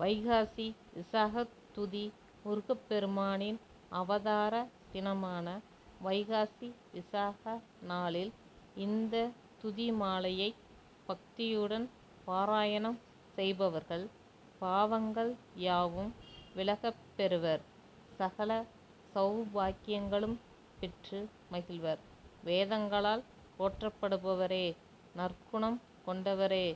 வைகாசி விசாகத் துதி முருகப்பெருமானின் அவதார தினமான வைகாசி விசாக நாளில் இந்த துதிமாலையைப் பக்தியுடன் பாராயணம் செய்பவர்கள் பாவங்கள் யாவும் விலகப்பெறுவர். சகல சவுபாக்கியங்களும் பெற்று மகிழ்வர். வேதங்களால் போற்றப்படுபவரே! நற்குணம் கொண்டவரே!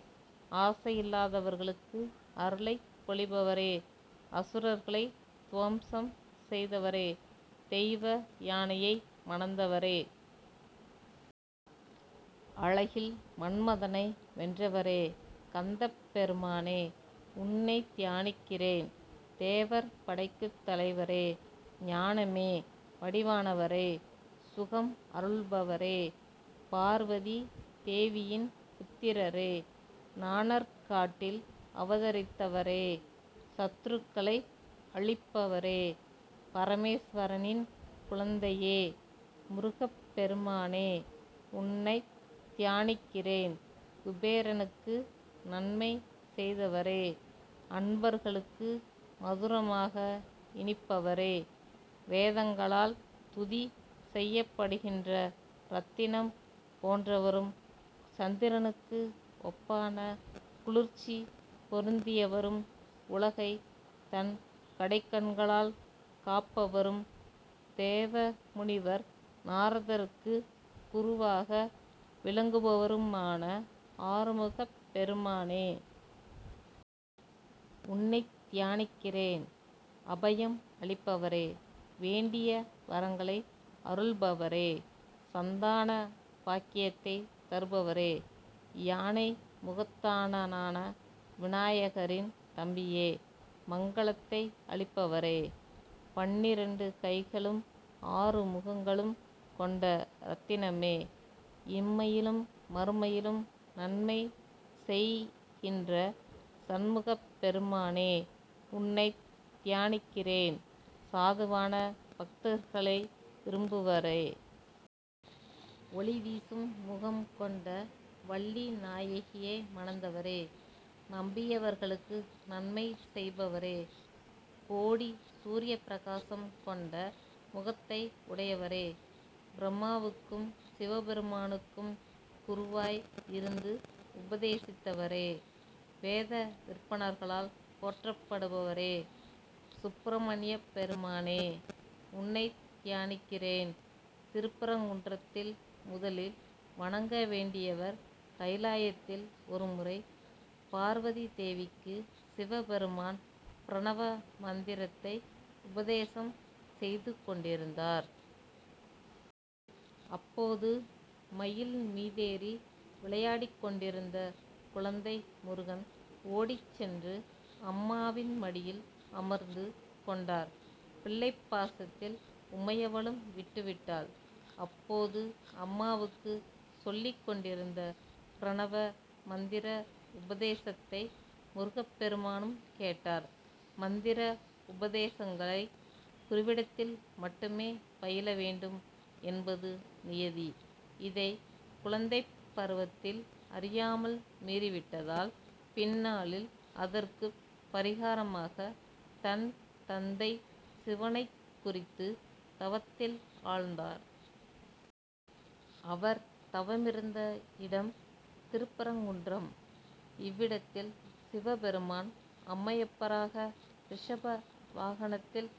ஆசையில்லாதவர்களுக்கு அருளைப் பொழிபவரே! அசுரர்களை துவம்சம் செய்தவரே! தெய்வயானையை மணந்தவரே! அழகில் மன்மதனை வென்றவரே! கந்தப்பெருமானே! உன்னைத் தியானிக்கிறேன். தேவர் படைக்குத் தலைவரே! ஞானமே வடிவானவரே! சுகம் அருள்பவரே! பார்வதிதேவியின் புத்திரரே! நாணற்காட்டில் அவதரித்தவரே! சத்ருக்களை அழிப்பவரே! பரமேஸ்வரனின் குழந்தையே! முருகப்பெருமானே! உன்னைத் தியானிக்கிறேன். குபேரனுக்கு நன்மை செய்தவரே! அன்பர்களுக்கு மதுரமாக இனிப்பவரே! வேதங்களால் துதி செய்யப்படுகின்ற ரத்தினம் போன்றவரும், சந்திரனுக்கு ஒப்பான குளிர்ச்சி பொருந்தியவரும், உலகை தன் கடைக்கண்களால் காப்பவரும், தேவமுனிவர் நாரதருக்கு குருவாக விளங்குபவருமான ஆறுமுகப்பெருமானே! உன்னைத் தியானிக்கிறேன். அபயம் அளிப்பவரே! வேண்டிய வரங்களை அருள்பவரே! சந்தான பாக்கியத்தை தருபவரே! யானை முகத்தானான விநாயகரின் தம்பியே! மங்களத்தை அளிப்பவரே! பன்னிரண்டு கைகளும், ஆறு முகங்களும் கொண்ட ரத்தினமே! இம்மையிலும் மறுமையிலும் நன்மை செய் கின்ற சண்முகப்பெருமானே! உன்னைத் தியானிக்கிறேன். சாதுவான பக்தர்களை விரும்புவரே! ஒளிவீசும் முகம் கொண்ட வள்ளிநாயகியை மணந்தவரே! நம்பியவர்களுக்கு நன்மை செய்பவரே! கோடி சூரியப்பிரகாசம் கொண்ட முகத்தை உடையவரே! பிரம்மாவுக்கும், சிவபெருமானுக்கும் குருவாய் இருந்து உபதேசித்தவரே! வேதவிற்பன்னர்களால் போற்றப்படுபவரே! சுப்பிரமணியப் பெருமானே! உன்னைத் தியானிக்கிறேன். திருப்பரங்குன்றத்தில் முதலில் வணங்க வேண்டியவர் கைலாயத்தில் ஒருமுறை பார்வதிதேவிக்கு சிவபெருமான் பிரணவ மந்திரத்தை உபதேசம் செய்து கொண்டிருந்தார். அப்போது மயில் மீதேறி விளையாடிக்கொண்டிருந்த குழந்தை முருகன், ஓடிச் சென்று அம்மாவின் மடியில் அமர்ந்து கொண்டார். பிள்ளைப்பாசத்தில் உமையவளும் விட்டுவிட்டாள். அப்போது அம்மாவுக்கு சொல்லிக்கொண்டிருந்த பிரணவ மந்திர உபதேசத்தை முருகப்பெருமானும் கேட்டார். மந்திர உபதேசங்களை குருவிடத்தில் மட்டுமே பயிலவேண்டும் என்பது நியதி. இதை குழந்தைப் பருவத்தில் அறியாமல் மீறிவிட்டதால், பின்னாளில் அதற்குப் பரிகாரமாக, தன் தந்தை சிவனைக் குறித்து தவத்தில் ஆழ்ந்தார். அவர் தவமிருந்த இடம் திருப்பரங்குன்றம். இவ்விடத்தில், சிவபெருமான் அம்மையப்பராக ரிஷப வாகனத்தில்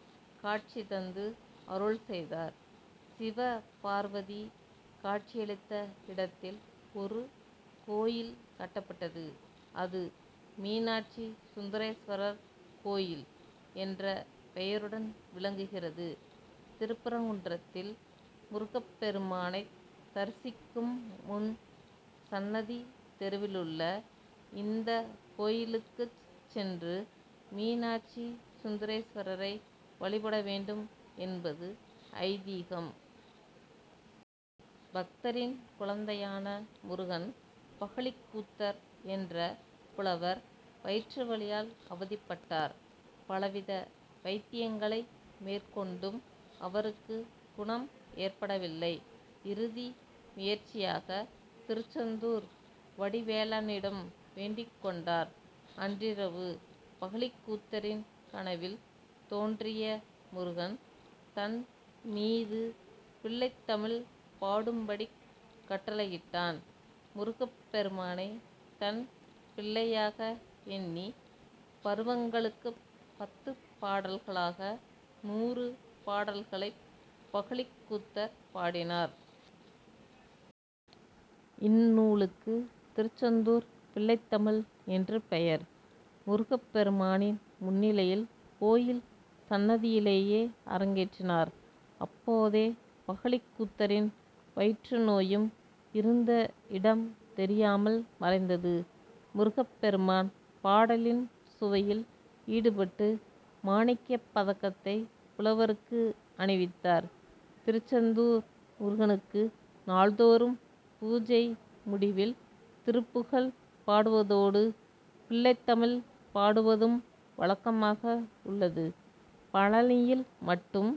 காட்சி தந்து அருள்செய்தார். சிவபார்வதி காட்சியளித்த இடத்தில் ஒரு கோயில் கட்டப்பட்டது. அது மீனாட்சி சுந்தரேஸ்வரர் கோயில் என்ற பெயருடன் விளங்குகிறது. திருப்பரங்குன்றத்தில் முருகப்பெருமானைத் தரிசிக்கும் முன், சன்னதி தெருவிலுள்ள இந்தக்கோயிலுக்குச் சென்று மீனாட்சி சுந்தரேஸ்வரரை வழிபடவேண்டும் என்பது ஐதீகம். பக்தரின் குழந்தையான முருகன் பகழிக்கூத்தர் என்ற புலவர் வயிற்றுவலியால் அவதிப்பட்டார். பலவித வைத்தியங்களை மேற்கொண்டும் அவருக்கு குணம் ஏற்படவில்லை. இறுதி முயற்சியாக திருச்செந்தூர் வடிவேலனிடம் வேண்டிக் கொண்டார். அன்றிரவு பகழிக்கூத்தரின் கனவில் தோன்றிய முருகன், தன் மீது பிள்ளைத்தமிழ் பாடும்படிக் கட்டளையிட்டான். முருகப்பெருமானை, தன் பிள்ளையாக எண்ணி பருவங்களுக்குப் பத்துபாடல்களாக நூறு பாடல்களைப் பகழிக்கூத்தர் பாடினார். இந்நூலுக்கு திருச்செந்தூர் பிள்ளைத்தமிழ்' என்று பெயர். முருகப்பெருமானின் முன்னிலையில் கோயில் சன்னதியிலேயே அரங்கேற்றினார். அப்போதே பகழிக்கூத்தரின் வயிற்றுநோயும் இருந்த இடம் தெரியாமல் மறைந்தது. முருகப்பெருமான் பாடலின் சுவையில் ஈடுபட்டு மாணிக்கப்பதக்கத்தை புலவருக்கு அணிவித்தார். திருச்செந்தூர் முருகனுக்கு நாள்தோறும் பூஜை முடிவில் திருப்புகழ் பாடுவதோடு, பிள்ளைத்தமிழ் பாடுவதும் வழக்கமாக உள்ளது. பழநியில் மட்டும்